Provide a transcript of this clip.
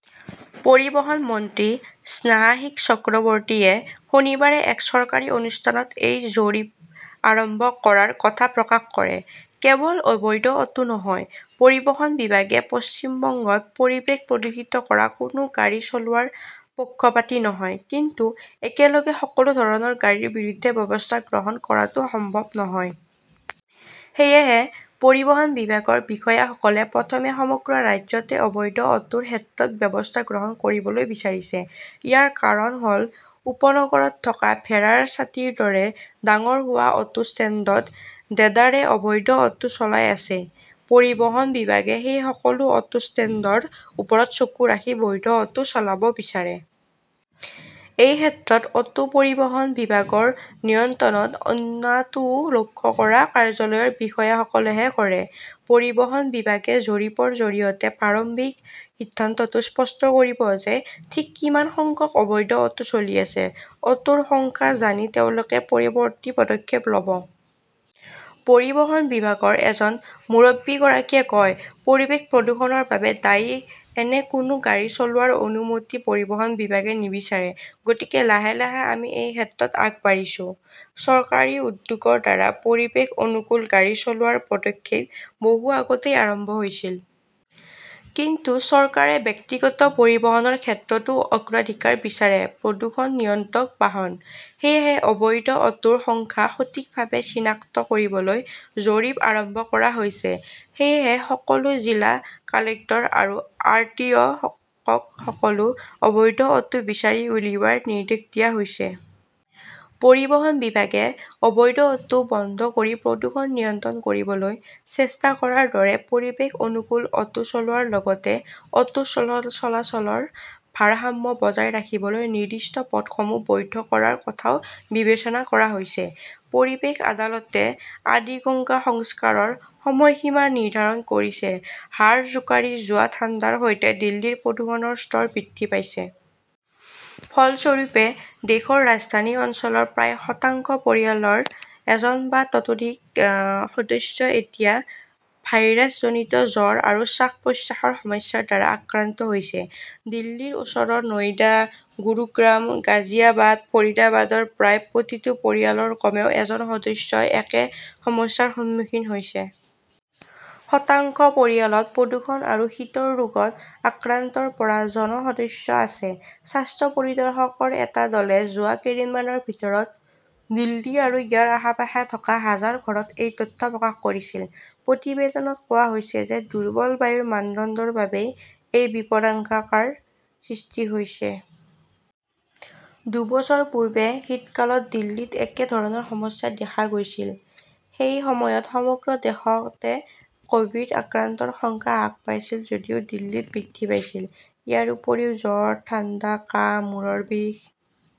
পৰিবহণ মন্ত্ৰী স্নেহাশীষ চক্ৰৱৰ্তীয়ে শনিবাৰে এক চৰকাৰী অনুষ্ঠানত এই জৰীপ আৰম্ভ কৰাৰ কথা প্ৰকাশ কৰে। কেৱল অবৈধ অটো নহয়, পৰিবহণ বিভাগে পশ্চিম বংগত পৰিৱেশ প্ৰদূষিত কৰা কোনো গাড়ী চলোৱাৰ পক্ষপাতী নহয়। কিন্তু একেলগে সকলো ধৰণৰ গাড়ীৰ বিৰুদ্ধে ব্যৱস্থা গ্ৰহণ কৰাটো সম্ভৱ নহয়। সেয়েহে, পৰিবহণ বিভাগৰ বিষয়াসকলে প্ৰথমে সমগ্ৰ ৰাজ্যতে অবৈধ অটোৰ ক্ষেত্ৰত ব্যৱস্থা গ্ৰহণ কৰিবলৈ বিচাৰিছে। ইয়াৰ কাৰণ হ "ল উপনগৰত থকা ভেড়াৰ ছাতিৰ দৰে ডাঙৰ হোৱা অটো ষ্টেণ্ডত দেদাৰে অবৈধ অটো চলাই আছে। পৰিবহণ বিভাগে সেই সকলো অটো ষ্টেণ্ডৰ ওপৰত চকু ৰাখি বৈধ অটো চলাব বিচাৰে। এই ক্ষেত্ৰত অটো পৰিবহণ বিভাগৰ নিয়ন্ত্ৰণত অনাটোও লক্ষ্য কৰা কাৰ্যালয়ৰ বিষয়াসকলেহে কৰে। পৰিবহণ বিভাগে জৰীপৰ জৰিয়তে প্ৰাৰম্ভিক সিদ্ধান্তটো স্পষ্ট কৰিব যে ঠিক কিমান সংখ্যক অবৈধ অটো চলি আছে। অটোৰ সংখ্যা জানি তেওঁলোকে পৰৱৰ্তী পদক্ষেপ ল "ব। পৰিবহণ বিভাগৰ এজন মুৰব্বীগৰাকীয়ে কয়, "পৰিৱেশ প্ৰদূষণৰ বাবে দায়ী এনে কোনো গাড়ী চলোৱাৰ অনুমতি পৰিবহণ বিভাগে নিবিচাৰে। গতিকে লাহে লাহে আমি এই ক্ষেত্ৰত আগবাঢ়িছো। চৰকাৰী উদ্যোগৰ দ্বাৰা পৰিৱেশ অনুকূল গাড়ী চলোৱাৰ পদক্ষেপ বহু আগতেই আৰম্ভ হৈছিল। কিন্তু চৰকাৰে ব্যক্তিগত পৰিবহণৰ ক্ষেত্ৰতো অগ্ৰাধিকাৰ বিচাৰে-প্ৰদূষণ নিয়ন্ত্ৰক বাহন। সেয়েহে অবৈধ অটোৰ সংখ্যা সঠিকভাৱে চিনাক্ত কৰিবলৈ জৰীপ আৰম্ভ কৰা হৈছে। "সেয়েহে সকলো জিলা কালেক্টৰ আৰু আৰ. টি. অ". ক সকলো অবৈধ অটো বিচাৰি উলিওৱাৰ নিৰ্দেশ দিয়া হৈছে। পৰিবহণ বিভাগে অবৈধ অটো বন্ধ কৰি প্ৰদূষণ নিয়ন্ত্ৰণ কৰিবলৈ চেষ্টা কৰাৰ দৰে পৰিৱেশ-অনুকূল অটো চলোৱাৰ লগতে অটো চলাচলৰ ভাৰসাম্য বজাই ৰাখিবলৈ নিৰ্দিষ্ট পথসমূহ বৈধ কৰাৰ কথাও বিবেচনা কৰা হৈছে। পৰিৱেশ আদালতে আদিগঙ্গা সংস্কাৰৰ সময়সীমা নিৰ্ধাৰণ কৰিছে হাড় জোকাৰি যোৱা ঠাণ্ডাৰ সৈতে দিল্লীৰ প্ৰদূষণৰ স্তৰ বৃদ্ধি পাইছে। ফলস্বৰূপে, দেশৰ ৰাজধানী অঞ্চলৰ প্ৰায় শতাংশ পৰিয়ালৰ এজন বা ততোধিক সদস্য এতিয়া ভাইৰাছজনিত জ্বৰ আৰু শ্বাস-প্ৰশ্বাসৰ সমস্যাৰ দ্বাৰা আক্ৰান্ত হৈছে। দিল্লীৰ ওচৰৰ নয়ডা, গুৰুগ্ৰাম, গাজিয়াবাদ, ফৰিদাবাদৰ প্ৰায় প্ৰতিটো পৰিয়ালৰ কমেও এজন সদস্যই একে সমস্যাৰ সন্মুখীন হৈছে। শতাংশ পৰিয়ালত প্ৰদূষণ আৰু শীতৰ ৰোগত আক্ৰান্ত ৰ পৰা জন সদস্য আছে। স্বাস্থ্য পৰিদৰ্শকৰ এটা দলে যোৱা কেইদিনমানৰ ভিতৰত দিল্লী আৰু ইয়াৰ আশে-পাশে থকা হাজাৰ ঘৰত এই তথ্য প্ৰকাশ কৰিছিল। প্ৰতিবেদনত কোৱা হৈছে যে দুৰ্বল বায়ুৰ মানদণ্ডৰ বাবেই এই বিপদাশংকাৰ সৃষ্টি হৈছে। দুবছৰ পূৰ্বে শীতকালত দিল্লীত একে ধৰণৰ সমস্যা দেখা গৈছিল। সেই সময়ত সমগ্ৰ দেশতে ক "ভিড আক্ৰান্তৰ সংখ্যা হ্ৰাস পাইছিল যদিও দিল্লীত বৃদ্ধি পাইছিল। ইয়াৰ উপৰিও জ্বৰ, ঠাণ্ডা, কাহ, মূৰৰ বিষ,